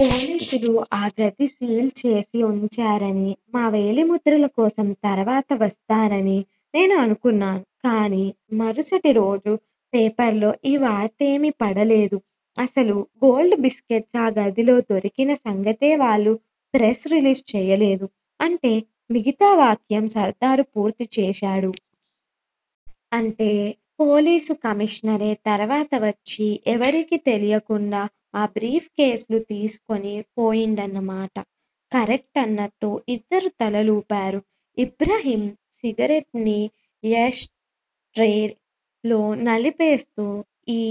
పోలీసులు ఆ గది సీల్ చేసి ఉంచారని, మా వేలిముద్రల కోసం తరువాత వస్తారని నేను అనుకున్నాను. కానీ మరుసటిరోజు పేపర్లో ఈ వార్తేమీ పడలేదు. అసలు గోల్డ్ బిస్కట్స్ ఆ గదిలో దొరికిన సంగతే వాళ్ళు ప్రెస్ రిలీజ్ చేయలేదు. అంటే మిగతా వాక్యం సర్దార్ పూర్తి చేశాడు. అంటే పోలీస్ కమీషనరే తర్వాత వచ్చి ఎవరికీ తెలియకుండా ఆ బ్రీఫ్ కేసులు తీసుకొని పోయుంటాడన్నమాట. కరెక్ట్ అన్నట్టు ఇద్దరూ తలలూపారు. ఇబ్రహీం సిగరెట్ ని యాష్ ట్రే లో నలిపేస్తూ ఈ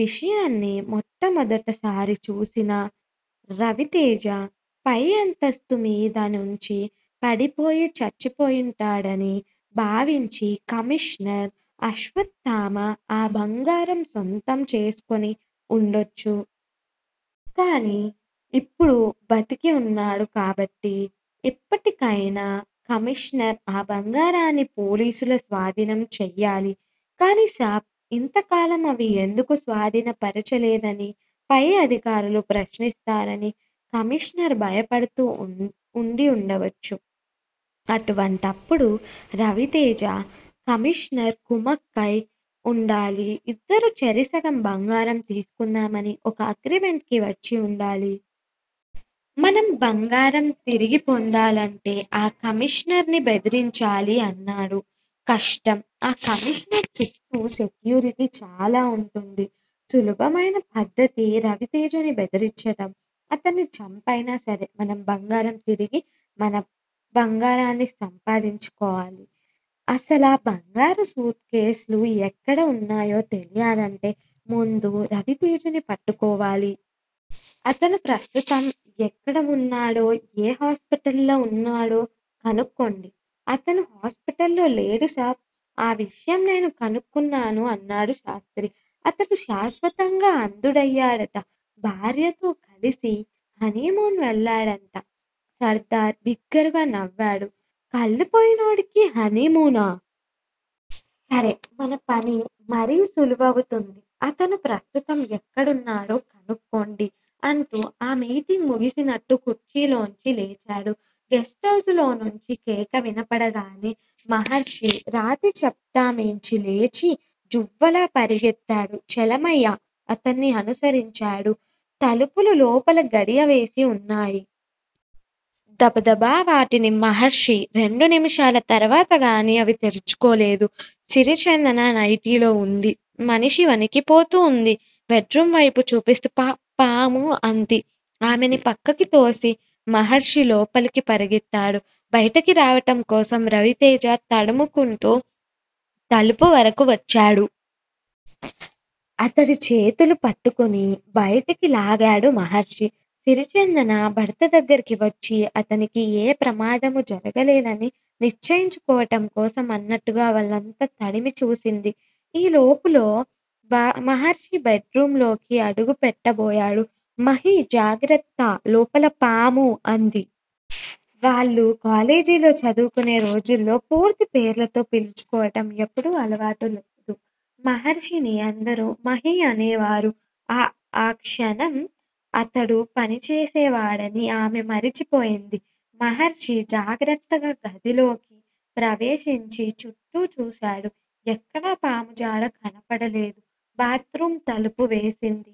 విషయాన్ని మొట్టమొదటసారి చూసిన 'రవితేజ' పై అంతస్థుమీద నుంచి పడిపోయి చచ్చిపొయింటాడని భావించి కమీషనర్ అశ్వత్థామ ఆ బంగారం సొంతం చేసుకొని ఉండొచ్చు. కానీ ఇప్పుడు బతికి ఉన్నాడు కాబట్టి, ఇప్పటికైనా కమీషనర్ ఆ బంగారాన్ని పోలీసుల స్వాధీనం చేయాలి. కానీ సాబ్ ఇంతకాలం అవి ఎందుకు స్వాధీనపరచలేదని పై అధికారులు ప్రశ్నిస్తారని కమీషనర్ భయపడుతూ ఉండి ఉండవచ్చు! అటువంటప్పుడు రవితేజ, కమీషనర్ కుమ్మక్కై ఉండాలి. ఇద్దరూ చెరిసగం బంగారం తీసుకుందామని ఒక అగ్రిమెంటుకి వచ్చి ఉండాలి. మనం బంగారం తిరిగి పొందాలంటే ఆ కమీషనర్ ని బెదిరించాలి అన్నాడు. కష్టం. ఆ కమీషనర్ చుట్టూ సెక్యూరిటీ చాలా వుంటుంది. సులభమైన పద్ధతి రవితేజని బెదిరించటం. అతన్ని చంపైనా సరే మనం తిరిగి మన బంగారాన్ని సంపాదించాలి. అసలా బంగారం సూట్ కేస్ లు ఎక్కడున్నాయో తెలియాలంటే ముందు రవితేజని పట్టుకోవాలి. అతను ప్రస్తుతం ఎక్కడ వున్నాడో, ఏ హాస్పిటల్ లో ఉన్నాడో కనుక్కోండి. అతను హాస్పిటల్ లో లేడు సాబ్! ఆ విషయం నేను కనుక్కున్నాను అన్నాడు శాస్త్రి. అతడు శ్వాశతంగా అంధుడయ్యాడట. భార్యతో కలిసి హనీమూన్ వెళ్ళడంట. సర్దార్ బిగ్గరగా నవ్వాడు. కళ్ళు పోయినోడికి హనీమూనా? సరే- మన పని మరీ సులువవుతుంది. అతను ప్రస్తుతం ఎక్కడున్నాడో కనుక్కోండి అంటూ ఆ మీటింగ్ ముగిసినట్టు కుర్చీలోంచి లేచాడు. గెస్టు హౌస్ లో నుంచి కేక వినపడగానే, మహర్షి రాతిచప్టామీంచి లేచి జువ్వలా పరిగెత్తాడు. చలమయ్య అతన్ని అనుసరించాడు. తలుపులు లోపల గడియవేసి వున్నాయి. దబదబా వాటిని మహర్షి, రెండు నిమిషాల తర్వాత గానీ అవి తెరుచుకోలేదు. సిరిచందన నైటీలో వుంది. మనిషి వణికిపోతూ ఉంది. బెడ్ రూం వైపు చూపిస్తూ పా పాము అంది. ఆమెని పక్కకితోసి మహర్షి లోపలి పరిగెత్తాడు. బైటకి రావటం కోసం రవితేజ. తడుముకుంటూ తలుపు వరకూ వచ్చాడు. అతడి చేతులు పట్టుకుని బయటికి లాగాడు మహర్షి. సిరిచందన భర్త దగ్గరికి వచ్చి అతనికి ఏ ప్రమాదమూ జరగలేదని నిశ్చయించుకోవటం కోసం అన్నట్టుగా వళ్ళంతా తడిమి చూసింది. ఈ లోపులో మహర్షి బెడ్ రూం లోకి అడుగు పెట్టబోయాడు. మహీ, జాగ్రత్త! లోపల పాము అంది. వాళ్ళు కాలేజీలో చదువుకొనే రోజుల్లో పూర్తి పేర్లతో పిలుచుకోవటం ఎప్పుడూ అలవాటు లేదు. మహర్షిని అందరూ 'మహీ' అనేవారు. ఆ ఆ క్షణం అతడు పనిచేసేవాడని ఆమె మర్చిపోయింది. మహర్షి జాగ్రత్తగా గదిలోకి ప్రవేశించి చుట్టూ చూశాడు. ఎక్కడా పాముజాడ కనపడలేదు. బాత్ రూం తలుపు వేసింది.